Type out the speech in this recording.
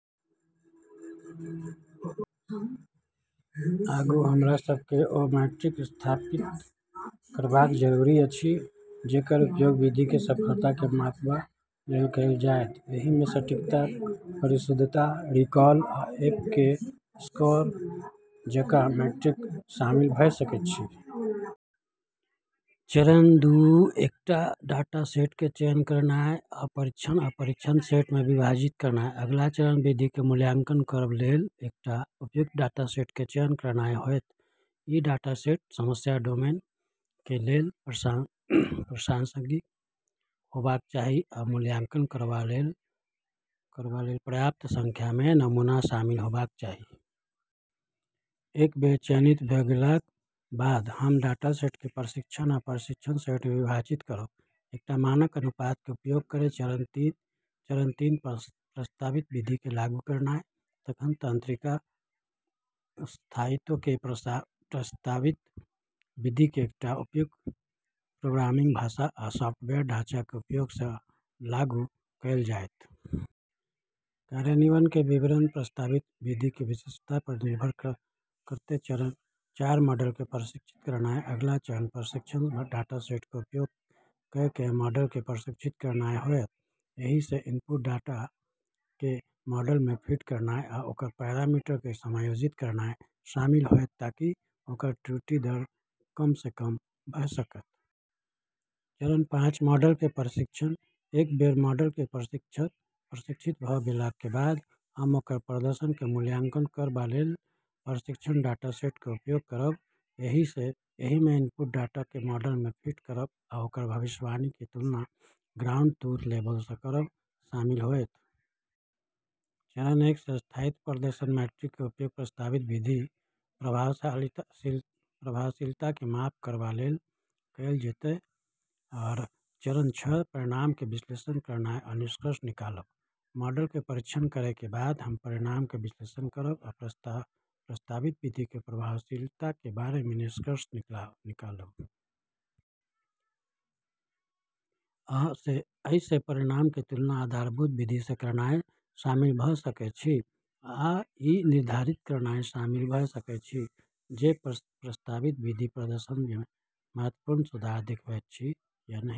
आगू हमरा सब के ओ मीट्रिक स्थापित करबाक जरूरत अछि जेकर उपयोग विधि के सफलता के मापबा लेल कएल जाएत। एहि मे सटीकता, परिशुद्धता, रिकॉल, आ एफ एक स्कोर जकां मीट्रिक शामिल भ सकैत अछि। चरण दू एकटा डाटासेट के चयन करनाय आ प्रशिक्षण आ परीक्षण सेट मे विभाजित करनाय। अगिला चरण विधि के मूल्यांकन करबा लेल एकटा उपयुक्त डाटासेट के चयन करनाय होयत। ई डाटासेट समस्या डोमेन के लेल प्रासंगिक होबाक चाही आ मूल्यांकन करबा लेल पर्याप्त संख्या मे नमूना शामिल होबाक चाही। एक बेर चयनित भ गेलाक बाद, हम डाटासेट के प्रशिक्षण आ परीक्षण सेट मे विभाजित करब, एकटा मानक अनुपात के उपयोग करय। चरण तीन प्रस्तावित विधि के लागू करनाय। तखन तंत्रिका स्थायित्व के प्रस्तावित विधि के एकटा उपयुक्त प्रोग्रामिंग भाषा आ सॉफ्टवेयर ढाँचा के उपयोग सँ लागू कएल जेतय। कार्यान्वयन के विवरण प्रस्तावित विधि के विशिष्टता पर निर्भर करतय। चरण चार मॉडल के प्रशिक्षित करनाय। अगिला चरण प्रशिक्षण डाटासेट के उपयोग कए कए मॉडल के प्रशिक्षित करनाय होयत। एहि मे इनपुट डाटा के मॉडल मे फीड करनाय आ ओकर पैरामीटर के समायोजित करनाय शामिल होयत ताकि ओकर त्रुटि दर कम सँ कम भ सकय। चरण पाँच मॉडल के परीक्षण। एक बेर मॉडल के प्रशिक्षित भ गेलाक के बाद, हम ओकर प्रदर्शन के मूल्यांकन करबा लेल परीक्षण डाटासेट के उपयोग करब। एहि मे इनपुट डाटा के मॉडल मे फीड करब आ ओकर भविष्यवाणी के तुलना ग्राउंड ट्रूथ लेबल सँ करब शामिल होएत। चरण एक मे स्थापित प्रदर्शन मीट्रिक के उपयोग प्रस्तावित विधि के प्रभावशीलता के माप करबा लेल कएल जेतय। चरण छह परिणाम के विश्लेषण करनाय आ निष्कर्ष निकालब। मॉडल के परीक्षण करय के बाद हम परिणाम के विश्लेषण करब आ प्रस्तावित विधि के प्रभावशीलता के बारे मे निष्कर्ष निकालब। अइ मे परिणाम के तुलना आधारभूत विधि सँ करनाय शामिल भ सकय अछि, आ ई निर्धारित करनाय शामिल भ सकय अछि जे प्रस्तावित विधि प्रदर्शन मे महत्वपूर्ण सुधार दिखबैत अछि या नहि।